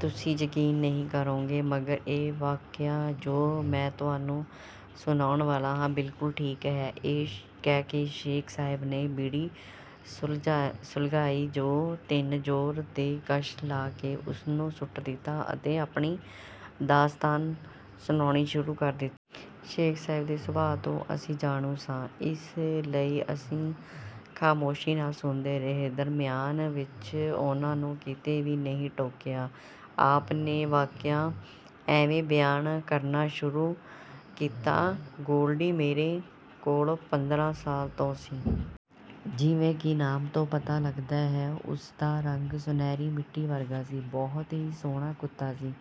ਤੁਸੀਂ ਯਕੀਨ ਨਹੀਂ ਕਰੋਗੇ। ਮਗਰ ਇਹ ਵਾਕਿਆ ਜੋ ਮੈਂ ਤੁਹਾਨੂੰ ਸੁਣਾਉਣ ਵਾਲਾ ਹਾਂ, ਬਿਲਕੁਲ ਠੀਕ ਹੈ। ਇਹ ਕਹਿ ਕੇ ਸ਼ੇਖ ਸਾਹਿਬ ਨੇ ਬੀੜੀ ਸੁਲਗਾਈ। ਦੋ ਤਿੰਨ ਜ਼ੋਰ ਦੇ ਕਸ਼ ਲਾ ਕੇ ਉਸਨੂੰ ਸੁੱਟ ਦਿੱਤਾ ਅਤੇ ਆਪਣੀ ਦਾਸਤਾਨ ਸੁਣਾਉਣੀ ਸ਼ੁਰੂ ਕੀਤੀ। ਸ਼ੇਖ ਸਾਹਿਬ ਦੇ ਸੁਭਾਅ ਤੋਂ ਅਸੀਂ ਜਾਣੂ ਸਾਂ, ਇਸ ਲਈ ਅਸੀਂ ਖ਼ਾਮੋਸ਼ੀ ਨਾਲ ਸੁਣਦੇ ਰਹੇ। ਦਰਮਿਆਨ ਵਿੱਚ ਉਨ੍ਹਾਂ ਨੂੰ ਕਿਤੇ ਵੀ ਨਹੀਂ ਟੋਕਿਆ। ਆਪ ਨੇ ਵਾਕਿਆ ਇਵੇਂ ਬਿਆਨ ਕਰਨਾ ਸ਼ੁਰੂ ਕੀਤਾ: "ਗੋਲਡੀ ਮੇਰੇ ਕੋਲ ਪੰਦਰਾਂ ਸਾਲ ਤੋਂ ਸੀ। ਜਿਵੇਂ ਕਿ ਨਾਮ ਤੋਂ ਪਤਾ ਲੱਗਦਾ ਹੈ, ਉਸ ਦਾ ਰੰਗ ਸੁਨਹਿਰੀ ਮਿੱਟੀ ਵਰਗਾ ਸੀ। ਬਹੁਤ ਹੀ ਸੋਹਣਾ ਕੁੱਤਾ ਸੀ।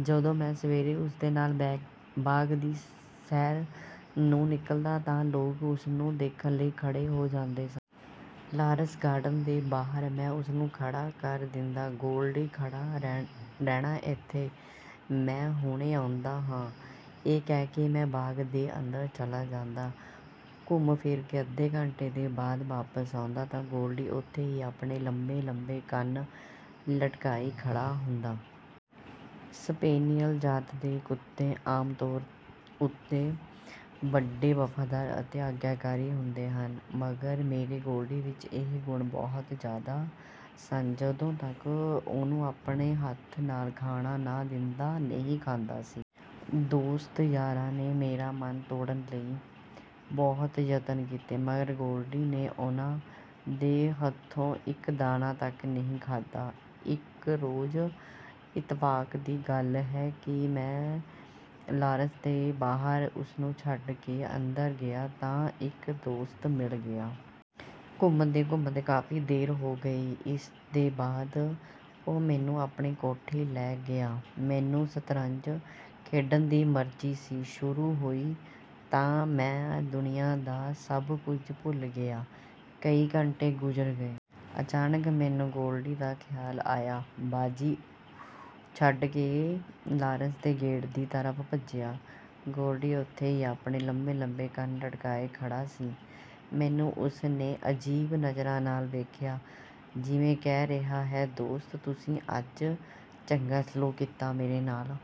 ਜਦੋਂ ਮੈਂ ਸਵੇਰੇ ਉਸ ਦੇ ਨਾਲ ਬਾਗ ਦੀ ਸੈਰ ਨੂੰ ਨਿਕਲਦਾ ਤਾਂ ਲੋਕ ਉਸਨੂੰ ਦੇਖਣ ਲਈ ਖੜੇ ਹੋ ਜਾਂਦੇ ਸਨ। ਲਾਰੈਂਸ ਗਾਰਡਨ ਦੇ ਬਾਹਰ ਮੈਂ ਉਸਨੂੰ ਖੜਾ ਕਰ ਦਿੰਦਾ। "ਗੋਲਡੀ, ਖੜਾ ਰਹਿਣਾ ਇੱਥੇ। ਮੈਂ ਹੁਣੇ ਆਉਂਦਾ ਹਾਂ।" ਇਹ ਕਹਿ ਕੇ ਮੈਂ ਬਾਗ ਦੇ ਅੰਦਰ ਚਲਾ ਜਾਂਦਾ। ਘੁੰਮ ਫਿਰ ਕੇ ਅੱਧੇ ਘੰਟੇ ਦੇ ਬਾਅਦ ਵਾਪਸ ਆਉਂਦਾ ਤਾਂ ਗੋਲਡੀ ਉਥੇ ਹੀ ਆਪਣੇ ਲੰਬੇ ਲੰਬੇ ਕੰਨ ਲਟਕਾਈ ਖੜਾ ਹੁੰਦਾ। ਸਪੇਨੀਅਲ ਜਾਤ ਦੇ ਕੁੱਤੇ ਆਮ ਤੌਰ ਉੱਤੇ ਵੱਡੇ ਵਫ਼ਾਦਾਰ ਅਤੇ ਆਗਿਆਕਾਰੀ ਹੁੰਦੇ ਹਨ। ਮਗਰ ਮੇਰੇ ਗੋਲਡੀ ਵਿੱਚ ਇਹ ਗੁਣ ਬਹੁਤ ਜ਼ਿਆਦਾ ਸਨ। ਜਦੋਂ ਤੱਕ ਉਹਨੂੰ ਆਪਣੇ ਹੱਥ ਨਾਲ ਖਾਣਾ ਨਾ ਦਿੰਦਾ, ਨਹੀਂ ਖਾਂਦਾ ਸੀ। ਦੋਸਤ ਯਾਰਾਂ ਨੇ ਮੇਰਾ ਮਨ ਤੋੜਨ ਲਈ ਬਹੁਤ ਜਤਨ ਕੀਤੇ, ਮਗਰ ਗੋਲਡੀ ਨੇ ਉਨ੍ਹਾਂ ਦੇ ਹੱਥੋਂ ਇੱਕ ਦਾਣਾ ਤੱਕ ਨਹੀਂ ਖਾਧਾ। ਇੱਕ ਰੋਜ਼ ਇਤਫ਼ਾਕ ਦੀ ਗੱਲ ਹੈ ਕਿ ਮੈਂ ਲਾਰੈਂਸ ਦੇ ਬਾਹਰ ਉਸਨੂੰ ਛੱਡ ਕੇ ਅੰਦਰ ਗਿਆ ਤਾਂ ਇੱਕ ਦੋਸਤ ਮਿਲ ਗਿਆ। ਘੁੰਮਦੇ ਘੁੰਮਦੇ ਕਾਫ਼ੀ ਦੇਰ ਹੋ ਗਈ। ਇਸ ਦੇ ਬਾਅਦ ਉਹ ਮੈਨੂੰ ਆਪਣੀ ਕੋਠੀ ਲੈ ਗਿਆ। ਮੈਨੂੰ ਸ਼ਤਰੰਜ ਖੇਡਣ ਦੀ ਮਰਜ਼ੀ ਸੀ। ਸ਼ੁਰੂ ਹੋਈ ਤਾਂ ਮੈਂ ਦੁਨੀਆ ਦਾ ਸਭ ਕੁਝ ਭੁੱਲ ਗਿਆ। ਕਈ ਘੰਟੇ ਗੁਜ਼ਰ ਗਏ। ਅਚਾਨਕ ਮੈਨੂੰ ਗੋਲਡੀ ਦਾ ਖ਼ਿਆਲ ਆਇਆ। ਬਾਜ਼ੀ ਛੱਡ ਕੇ ਲਾਰੈਂਸ ਦੇ ਗੇਟ ਦੀ ਤਰਫ਼ ਭੱਜਿਆ। ਗੋਲਡੀ ਉਥੇ ਹੀ ਆਪਣੇ ਲੰਬੇ ਲੰਬੇ ਕੰਨ ਲਟਕਾਏ ਖੜਾ ਸੀ। ਮੈਨੂੰ ਉਸ ਨੇ ਅਜੀਬ ਨਜ਼ਰਾਂ ਨਾਲ ਵੇਖਿਆ, ਜਿਵੇਂ ਕਹਿ ਰਿਹਾ ਹੈ, "ਦੋਸਤ, ਤੁਸੀਂ ਅੱਜ ਚੰਗਾ ਸਲੂਕ ਕੀਤਾ ਮੇਰੇ ਨਾਲ!"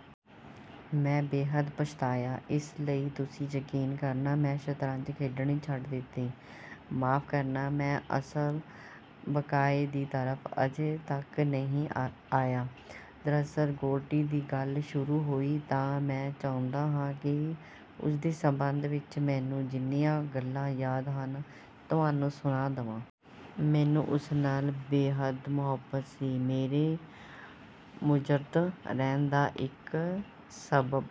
ਮੈਂ ਬੇਹੱਦ ਪਛਤਾਇਆ। ਇਸ ਲਈ ਤੁਸੀਂ ਯਕੀਨ ਕਰਨਾ, ਮੈਂ ਸ਼ਤਰੰਜ ਖੇਡਣੀ ਛੱਡ ਦਿੱਤੀ। ਮੁਆਫ਼ ਕਰਨਾ। ਮੈਂ ਅਸਲ ਵਾਕਏ ਦੀ ਤਰਫ਼ ਅਜੇ ਤੱਕ ਨਹੀਂ ਆਇਆ। ਦਰਅਸਲ ਗੋਲਡੀ ਦੀ ਗੱਲ ਸ਼ੁਰੂ ਹੋਈ ਤਾਂ ਮੈਂ ਚਾਹੁੰਦਾ ਹਾਂ ਕਿ ਉਸਦੇ ਸੰਬੰਧ ਵਿੱਚ ਮੈਨੂੰ ਜਿੰਨੀਆਂ ਗੱਲਾਂ ਯਾਦ ਹਨ, ਤੁਹਾਨੂੰ ਸੁਣਾ ਦੇਵਾਂ। ਮੈਨੂੰ ਉਸ ਨਾਲ ਬੇਹੱਦ ਮੁਹੱਬਤ ਸੀ। ਮੇਰੇ ਮੁਜੱਰਦ ਰਹਿਣ ਦਾ ਇੱਕ ਸਬੱਬ